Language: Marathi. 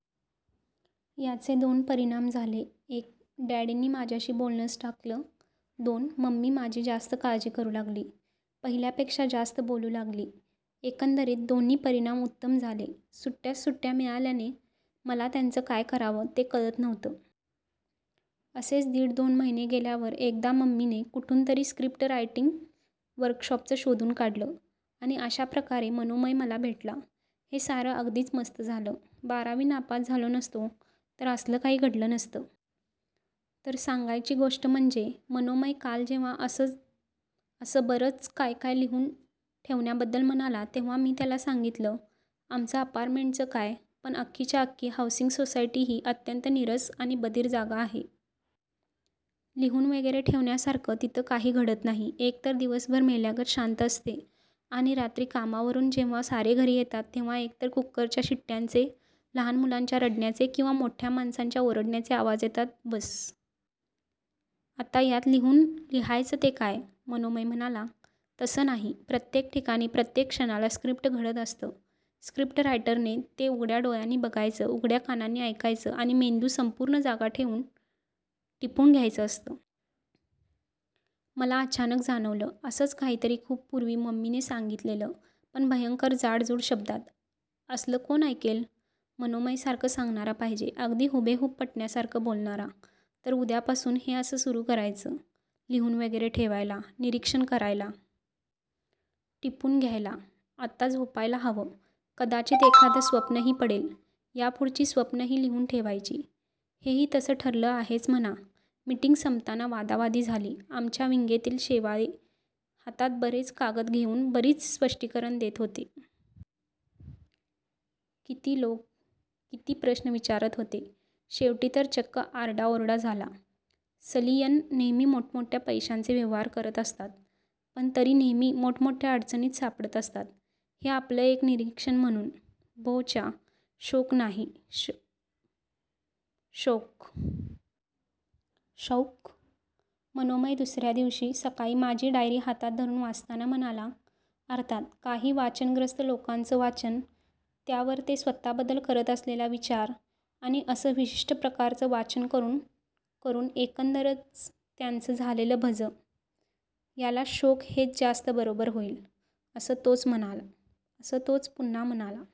याचे दोन परिणाम झाले- एक, डॅडनी माझाशी बोलणंच टाकलं. दोन, मम्मी माझी जास्त काळजी करू लागली. पहिल्यापेक्षा जास्त बोलू लागली. एकंदरित दोन्ही परिणाम उत्तम झाले. सुट्याच सुट्या मिळाल्याने मला त्यांचं काय करावं ते कळत नव्हतं. असेच दीड-दोन महिने गेल्यावर एकदा मम्मीने कुठून तरी त्या स्क्रिप्ट रायटिंग वर्कशॉपचं शोधून काढलं, आणि अशा प्रकारे मनोमय मला भेटला. हे सारं अगदीच मस्त झालं. बारावी नापास झालो नसतो तर असलं काही घडलं नसतं. तर सांगायची गोष्ट म्हणजे मनोमय काल जेव्हा असं बरंच काय काय लिहून ठेवण्याबद्दल म्हणाला, तेव्हा मी त्याला सांगितलं-- आमचं अपार्टमेंटच काय, पण अख्खीच्या अख्खी हौसिंग सोसायटी ही अत्यंत नीरस आणि बधीर जागा आहे. लिहून वगैरे ठेवण्यासारखं तिथं काही घडत नाही. एकतर दिवसभर मेल्यागत शांत असते. आणि रात्री कामावरून जेव्हा सारे घरी येतात तेव्हा एकतर कुकरच्या शिट्यांचे, लहान मुलांच्या रडण्याचे किंवा मोठ्या माणासांच्या ओरडण्याचे आवाज येतात. बस. आता यात लिहून लिहायचं ते काय? मनोमय म्हणाला-- तसं नाही. प्रत्येक ठिकाणी, प्रत्येक क्षणाला स्क्रिप्ट घडत असतं. स्क्रिप्टरायटरने ते उघड्या डोळ्यांनी बघायचं, उघड्या कानांनी ऐकायचं, आणि मेंदू संपूर्ण जागा ठेऊन टिपून घ्यायचं असतं. मला अचानक जाणवलं, असंच काहीतरी खूप पुर्वी मम्मीने सांगितलेलं, पण भयंकर जाडजूड शब्दांत. असलं कोण ऐकेल? मनोमयसारख सांगणारा पाहिजे. अगदी हुबेहुब पटण्यासारखं बोलणारा. तर उद्यापासून हे असं सुरू करायचं. लिहून वगैरे ठेवायला. निरीक्षण करायला. टिपून घ्यायला. आता झोपायला हवं. कदाचित एखादं स्वप्नही पडेल. यापुढची स्वप्नंही लिहून ठेवायची- हेही तसं ठरलं आहेच म्हणा. मिटिंग संपताना वादावादी झाली. आमच्या विंगेतले शेवाळे हातात बरेच कागद घेऊन बरीच स्पष्टीकरणं देत होते. किती लोक किती प्रश्न विचारत होते. शेवटी तर चक्क आरडाओरडा झाला. सलियन नेहमी मोठमोठ्या पैशांचे व्यवहार करत असतात. पण तरी नेहमी मोठमोठ्या अडचणींत सापडत असतात. हे आपलं एक निरीक्षण म्हणून. भोच्या, शोक नाही, शौक. शौक-- मनोमय दुसर्या दिवशी सकाळी माझी डायरी हातात धरून वाचताना म्हणाला. अर्थात काही वाचनग्रस्त लोकांचं वाचन, त्यावर ते स्वतःबद्दल करत असलेला विचार, आणि असं विशिष्ठ प्रकारचं वाचन करून करून एकंदरच त्यांचं झालेलं भजं- याला शोक हेच जास्त बरोबर होईल-- असं तोच पुन्हा म्हणाला.